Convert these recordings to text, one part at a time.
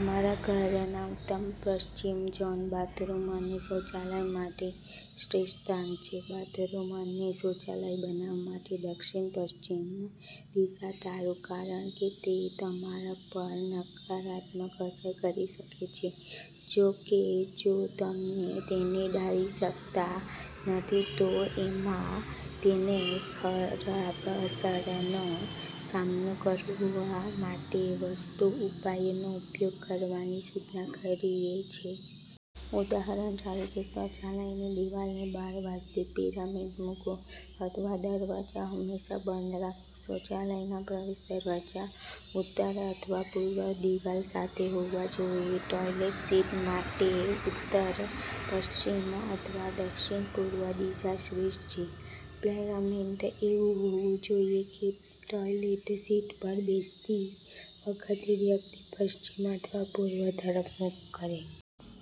તમારા ઘરનો ઉત્તર-પશ્ચિમ ઝોન બાથરૂમ અને શૌચાલય માટે શ્રેષ્ઠ સ્થાન છે. બાથરૂમ અને શૌચાલય બનાવવા માટે દક્ષિણ-પશ્ચિમ દિશા ટાળો, કારણ કે તે તમારા પર નકારાત્મક અસર કરી શકે છે. જો કે, જો તમે તેને ટાળી શકતા નથી, તો અમે તેની ખરાબ અસરોનો સામનો કરવા માટે વાસ્તુ ઉપાયોનો ઉપયોગ કરવાનું સૂચન કરીએ છીએ. ઉદાહરણ તરીકે, શૌચાલયની દિવાલની બહાર વાસ્તુ પિરામિડ મૂકવો અથવા દરવાજો હંમેશા બંધ રાખવો. શૌચાલયનો પ્રવેશ દરવાજો ઉત્તરી અથવા પૂર્વીય દિવાલ સાથે હોવો જોઈએ. ટોયલેટ સીટ માટે ઉત્તર-પશ્ચિમ અથવા દક્ષિણ-પૂર્વ દિશા શ્રેષ્ઠ છે. પ્લેસમેન્ટ એવું હોવું જોઈએ કે ટોયલેટ સીટ પર બેસતી વખતે વ્યક્તિ પશ્ચિમ અથવા પૂર્વ તરફ મુખ કરે.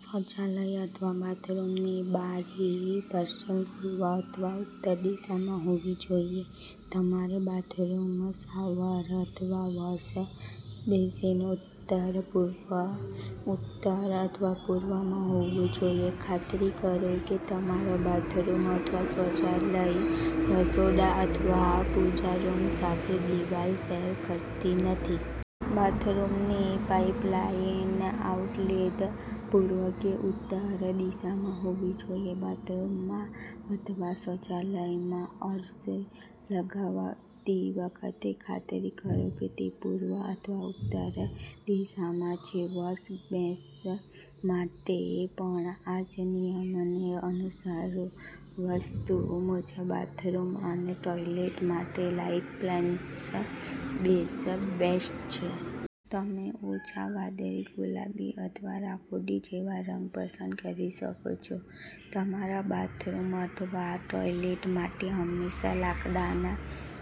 શૌચાલય અથવા બાથરૂમની બારી પશ્ચિમ, પૂર્વ અથવા ઉત્તર દિશામાં હોવી જોઈએ. તમારું બાથરૂમ શાવર અથવા વૉશ બેસિન ઉત્તરપૂર્વ, ઉત્તર અથવા પૂર્વમાં હોવું જોઈએ. ખાતરી કરો કે તમારું બાથરૂમ અથવા શૌચાલય રસોડા અથવા પૂજા રૂમ સાથે દિવાલ શેર કરટી નથી. બાથરૂમની પાઇપલાઇનનો આઉટલેટ પૂર્વ કે ઉત્તર દિશામાં હોવો જોઈએ. બાથરૂમમાં અથવા શૌચાલયમાં અરીસો લટકાવતી વખતે, ખાતરી કરો કે તે પૂર્વ અથવા ઉત્તર દિશામાં છે. વૉશ બેસિન માટે પણ આ જ નિયમને અનુસરો. વાસ્તુ મુજબ બાથરૂમ અને ટોયલેટ માટે લાઇટ પેસ્ટલ શેડ્સ બેસ્ટ છે. તમે ઓછા વાદળી, ગુલાબી અથવા રાખોડી જેવા રંગો પસંદ કરી શકો છો. તમારા બાથરૂમ અથવા ટોયલેટ માટે હંમેશા લાકડાના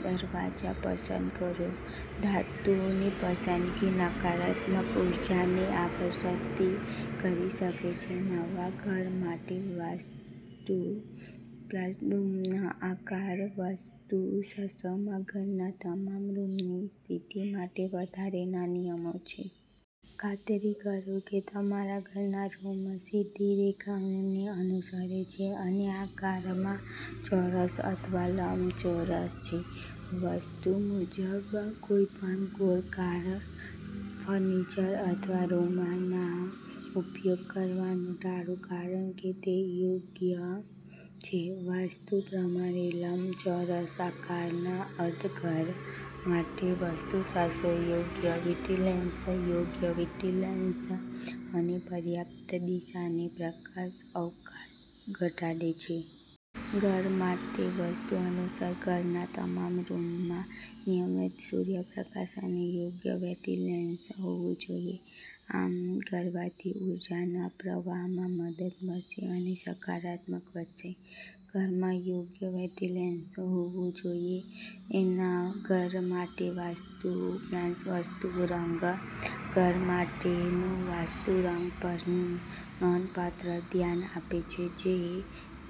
દરવાજા પસંદ કરો. ધાતુની પસંદગી નકારાત્મક ઊર્જાને આકર્ષિત કરી શકે છે. નવા ઘર માટે વાસ્તુ રૂમનો આકાર વાસ્તુશાસ્ત્રમાં ઘરના તમામ રૂમની સ્થિતિ માટે વધારાના નિયમો છે. ખાતરી કરો કે તમારા ઘરના રૂમ સીધી રેખાઓને અનુસરે છે અને આકારમાં ચોરસ અથવા લંબચોરસ છે. વાસ્તુ મુજબ કોઈપણ ગોળકાર ફર્નિચર અથવા રૂમનો ઉપયોગ કરવાનું ટાળો કારણ કે તે યોગ્ય છે. વાસ્તુ પ્રમાણે લંબચોરસ આકારનો ઓરડોઘર માટે વાસ્તુશાસ્ત્રયોગ્ય વેન્ટિલેશન યોગ્ય વેન્ટિલેશન અને પર્યાપ્ત દિશાનો પ્રકાશઆવકશ ઘટકો છે. ઘર માટે વાસ્તુ અનુસાર, ઘરના તમામ રૂમમાં નિયમિત સૂર્યપ્રકાશ અને યોગ્ય વેન્ટિલેશન હોવું જોઈએ. આમ કરવાથી ઊર્જાના પ્રવાહમાં મદદ મળશે અને સકારાત્મકતા વધશે. ઘરમાં યોગ્ય વેન્ટિલેશન હોવું જોઈએનવા ઘર માટે વાસ્તુ ટિપ્સવાસ્તુ રંગો ઘર માટેની વાસ્તુરંગો પર નોંધપાત્ર ધ્યાન આપે છે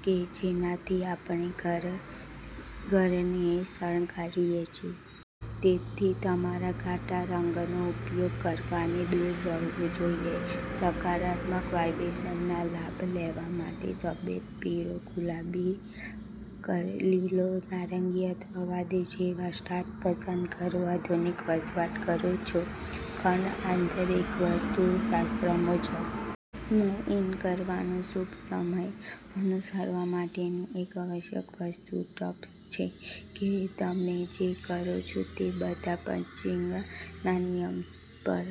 કે જેનાથી આપણે આપણા ઘરને શણગારીએ છીએ. તેથી, તમારે ઘાટા રંગોનો ઉપયોગ કરવાથી દૂર રહેવું જોઈએ. સકારાત્મક વાઇબ્રાશન નો લાભ લેવા માટે સફેદ, પીળો, ગુલાબી, કોરલ, લીલો, નારંગી અથવા વાદળી જેવા શેડ્સ પસંદ કરો. આધુનિક વસવાટ કરો છો ખંડ આંતરિકવાસ્તુશાસ્ત્ર મુજબ મૂવ-ઇન કરવાનો શુભ સમય અનુસરવા માટેની એક આવશ્યક વાસ્તુ ટીપ્સછે કે તમે જે કરો છો તે બધું પંચાંગ ના નિયમો પર